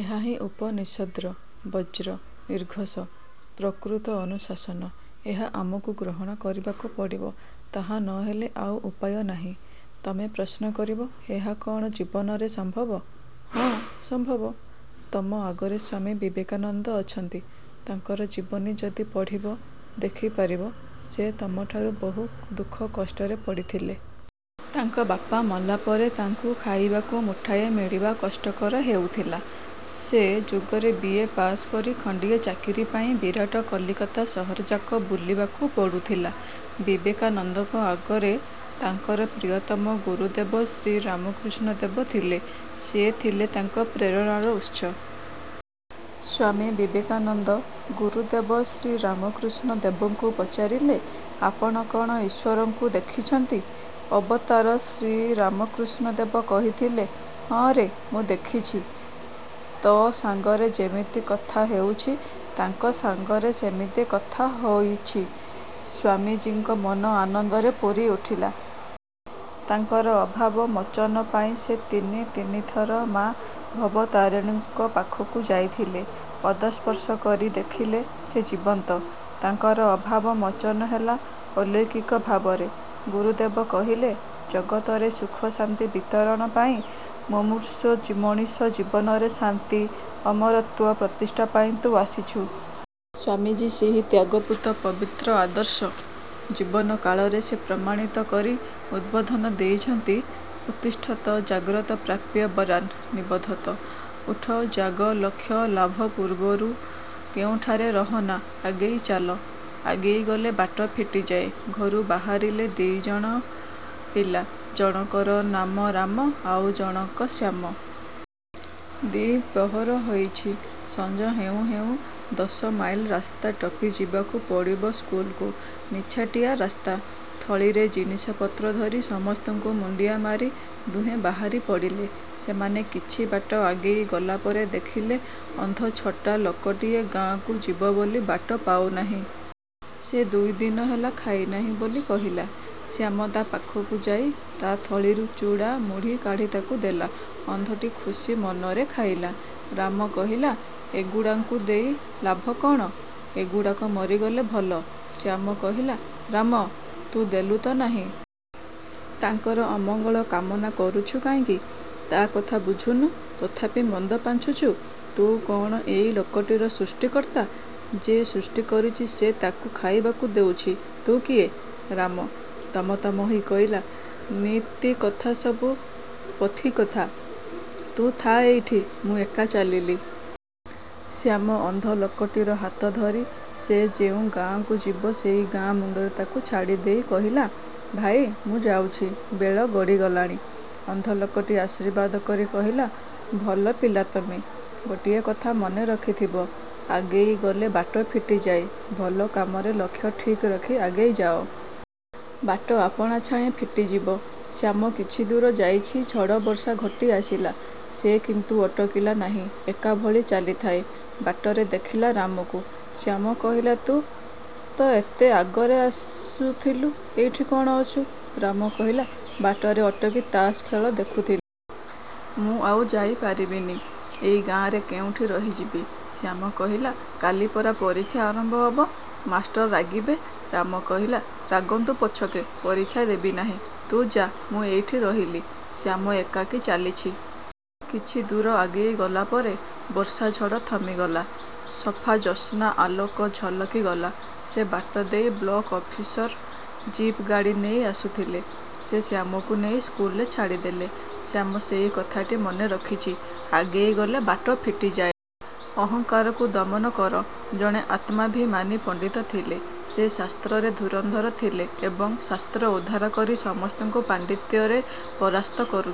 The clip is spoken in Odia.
ଏହାହିଁ ଉପନିଷଦ୍ର ବଜ୍ର ନିର୍ଘୋଷ-ପ୍ରକୃତ ଅନୁଶାସନ। ଏହା ଆମକୁ ଗ୍ରହଣ କରିବାକୁ ପଡ଼ିବ। ତାହା ନ ହେଲେ ଆଉ ଉପାୟ ନାହିଁ। ତମେ ପ୍ରଶ୍ନ କରିବ ଏହା କ'ଣ ଜୀବନରେ ସମ୍ଭବ? ହଁ। ସମ୍ଭବ। ତମ ଆଗରେ ସ୍ୱାମୀ ବିବେକାନନ୍ଦ ଅଛନ୍ତି। ତାଙ୍କର ଜୀବନୀ ଯଦି ପଢ଼ିବ, ଦେଖିପାରିବ ସେ ତମଠାରୁ ବହୁ ଦୁଃଖକଷ୍ଟରେ ପଡ଼ିଥିଲେ। ତାଙ୍କ ବାପା ମଲାପରେ ତାଙ୍କୁ ଖାଇବାକୁ ମୁଠାଏ ମିଳିବା କଷ୍ଟକର ହେଉଥିଲା। ସେ ଯୁଗରେ ବି:ଏ: ପାସ୍ କରି ଖଣ୍ଡିଏ ଚାକିରିପାଇଁ ବିରାଟ କଲିକତା ସହରଯାକ ବୁଲିବାକୁ ପଡ଼ୁଥିଲା। ବିବେକାନନ୍ଦଙ୍କ ଆଗରେ ତାଙ୍କର ପ୍ରିୟତମ ଗୁରୁଦେବ ଶ୍ରୀରାମକୃଷ୍ଣ ଦେବ ଥିଲେ। ସେ ଥିଲେ ତାଙ୍କ ପ୍ରେରଣାର ଉତ୍ସ। ସ୍ୱାମୀ ବିବେକାନନ୍ଦ ଗୁରୁଦେବ ଶ୍ରୀରାମକୃଷ୍ଣ ଦେବଙ୍କୁ ପଚାରିଲେ, ''ଆପଣ କ'ଣ ଈଶ୍ୱରଙ୍କୁ ଦେଖିଛନ୍ତି? '' ଅବତାର ଶ୍ରୀରାମକୃଷ୍ଣ ଦେବ କହିଥିଲେ, ''ହଁରେ, ମୁଁ ଦେଖିଛି। ତୋ ସାଙ୍ଗରେ ଯେମିତି କଥା ହେଉଛି, ତାଙ୍କ ସାଙ୍ଗରେ ସେମିତି କଥା ହୋଇଛି। '' ସ୍ୱାମୀଜୀଙ୍କ ମନ ଆନନ୍ଦରେ ପୂରି ଉଠିଲା। ତାଙ୍କର ଅଭାବ ମୋଚନ ପାଇଁ ସେ ତିନି ତିନିଥର ମା ଭବତାରିଣୀଙ୍କ ପାଖକୁ ଯାଇଥିଲେ। ପଦସ୍ପର୍ଶ କରି ଦେଖିଲେ ସେ ଜୀବନ୍ତ। ତାଙ୍କର ଅଭାବ ମୋଚନ ହେଲା ଅଲୌକିକ ଭାବରେ। ଗୁରୁଦେବ କହିଲେ, ''ଜଗତରେ ସୁଖଶାନ୍ତି ବିତରଣ ପାଇଁ, ମୁମୂର୍ଷୁ ମଣିଷ-ଜୀବନରେ ଶାନ୍ତି, ଅମରତ୍ୱ ପ୍ରତିଷ୍ଠା ପାଇଁ ତୁ ଆସିଛୁ। '' ସ୍ୱାମୀଜୀ ସେହି ତ୍ୟାଗପୂତ ପବିତ୍ର ଆଦର୍ଶ। ଜୀବନ କାଳରେ ସେ ପ୍ରମାଣିତ କରି ଉଦବୋଧନ ଦେଇଛନ୍ତି-''ଉତ୍ତିଷ୍ଠତ ଜାଗ୍ରତ ପ୍ରାପ୍ୟ ବରାନ୍ ନିବୋଧତ''-ଉଠ, ଜାଗ, ଲକ୍ଷ୍ୟ ଲାଭ ପୂର୍ବରୁ କେଉଁଠାରେ ରହନା, ଆଗେଇ ଚାଲ। ଆଗେଇଗଲେ ବାଟ ଫିଟିଯାଏ ଘରୁ ବାହାରିଲେ ଦିଜଣ ପିଲା। ଜଣକର ନାମ ରାମ, ଆର ଜଣକ ଶ୍ୟାମ। ଦ୍ୱିପହର ହେଇଛି; ସଞ୍ଜ ହେଉଁ ହେଉଁ ଦଶମାଇଲ ରାସ୍ତା ଟପି ଯିବାକୁ ପଡ଼ିବ ସ୍କୁଲକୁ। ନିଛାଟିଆ ରାସ୍ତା। ଥଳିରେ ଜିନିଷପତ୍ର ଧରି ସମସ୍ତଙ୍କୁ ମୁଣ୍ଡିଆ ମାରି ଦୁହେଁ ବାହାରି ପଡ଼ିଲେ। ସେମାନେ କିଛି ବାଟ ଆଗେଇ ଗଲା ପରେ ଦେଖିଲେ ଅନ୍ଧ ଛୋଟା ଲୋକଟିଏ ଗାଁକୁ ଯିବ ବୋଲି ବାଟ ପାଉନାହିଁ। ସେ ଦୁଇଦିନ ହେଲା ଖାଇନାହିଁ ବୋଲି କହିଲା। ଶ୍ୟାମ ତା ପାଖକୁ ଯାଇ ତା ଥଳିରୁ ଚୂଡ଼ା-ମୁଢ଼ି କାଢ଼ି ତାକୁ ଦେଲା। ଅନ୍ଧଟି ଖୁସି ମନରେ ଖାଇଲା। ରାମ କହିଲା-ଏଗୁଡ଼ାଙ୍କୁ ଦେଇ ଲାଭ କଣ? ଏଗୁଡ଼ାକ ମରିଗଲେ ଭଲ। ଶ୍ୟାମ କହିଲା-ରାମ, ତୁ ଦେଲୁତ ନାହିଁ। ତାଙ୍କର ଅମଙ୍ଗଳ କାମନା କରୁଛୁ କାହିଁକି? ତା' କଥା ବୁଝୁନୁ, ତଥାପି ମନ୍ଦ ପାଞ୍ଚୁଛୁ। ତୁ କଣ ଏଇ ଲୋକଟିର ସୃଷ୍ଟିକର୍ତ୍ତା। ଯେ ସୃଷ୍ଟି କରିଛି ସେ ତାକୁ ଖାଇବାକୁ ଦେଉଛି। ତୁ କିଏ? ରାମ ତମ-ତମ ହୋଇ କହିଲା-ନୀତିକଥା ସବୁ ପୋଥି-କଥା। ତୁ ଥା ଏଇଠି, ମୁଁ ଏକା ଚାଲିଲି। ଶ୍ୟାମ ଅନ୍ଧଲୋକଟିର ହାତ ଧରି ସେ ଯେଉଁ ଗାଁକୁ ଯିବ ସେଇ ଗାଁ ମୁଣ୍ଡରେ ତାକୁ ଛାଡ଼ିଦେଇ କହିଲା-''ଭାଇ, ମୁଁ ଯାଉଛି, ବେଳ ଗଡ଼ିଗଲାଣି। '' ଅନ୍ଧଲୋକଟି ଆଶୀର୍ବାଦ କରି କହିଲା-''ଭଲ ପିଲା ତମେ। ଗୋଟିଏ କଥା ମନେ ରଖିଥିବ-ଆଗେଇ ଗଲେ ବାଟ ଫିଟିଯାଏ। ଭଲ କାମରେ ଲକ୍ଷ୍ୟ ଠିକ୍ ରଖି ଆଗେଇ ଯାଅ। ବାଟ ଆପଣାଛାଏଁ ଫିଟିଯିବ। '' ଶ୍ୟାମ କିଛିଦୂର ଯାଇଛି, ଝଡ଼ ବର୍ଷା ଘୋଟି ଆସିଲା। ସେ କିନ୍ତୁ ଅଟକିଲା ନାହିଁ ଏକାଭଳି ଚାଲିଥାଏ। ବାଟରେ ଦେଖିଲା ରାମକୁ। ଶ୍ୟାମ କହିଲା,-''ତୁ ତ ଏତେ ଆଗରେ ଆସୁଥିଲୁ, ଏଇଠି କଣ ଅଛୁ? '' ରାମ କହିଲା-''ବାଟରେ ଅଟକି ତାସଖେଳ ଦେଖୁଥିଲି। ମୁଁ ଆଉ ଯାଇ ପାରିବିନି। ଏଇ ଗାଁରେ କେଉଁଠି ରହିଯିବି। '' ଶ୍ୟାମ କହିଲା-''କାଲି ପରା ପରୀକ୍ଷା ଆରମ୍ଭ ହେବ। ମାଷ୍ଟର ରାଗିବେ। '' ରାମ କହିଲା-''ରାଗନ୍ତୁ ପଛକେ ପରୀକ୍ଷା ଦେବି ନାହିଁ, ତୁ ଯା, ମୁଁ ଏଇଠି ରହିଲି। '' ଶ୍ୟାମ ଏକାକୀ ଚାଲିଛି। କିଛି ଦୂର ଆଗେଇ ଗଲାପରେ ବର୍ଷା ଝଡ଼ ଥମିଗଲା। ସଫା ଜ୍ୟୋତ୍ସ୍ନା ଆଲୋକ ଝଲକି ଗଲା। ସେ ବାଟ ଦେଇ ବ୍ଲକ-ଅଫିସର ଜିପ୍ ଗାଡ଼ି ନେଇ ଆସୁଥିଲେ। ସେ ଶ୍ୟାମକୁ ନେଇ ସ୍କୁଲରେ ଛାଡ଼ିଦେଲେ। ଶ୍ୟାମ ସେଇ କଥାଟି ମନେ ରଖିଛି-'ଆଗେଇ ଗଲେ ବାଟ ଫିଟିଯାଏ। ' ଅହଂକାରକୁ ଦମନ କର ଜଣେ ଆତ୍ମାଭିମାନୀ ପଣ୍ଡିତ ଥିଲେ। ସେ ଶାସ୍ତ୍ରରେ ଧୁରନ୍ଧର ଥିଲେ ଏବଂ ଶାସ୍ତ୍ର ଉଦ୍ଧାର କରି ସମସ୍ତଙ୍କୁ ପାଣ୍ଡିତ୍ୟରେ ପରାସ୍ତ କରୁଥିଲେ।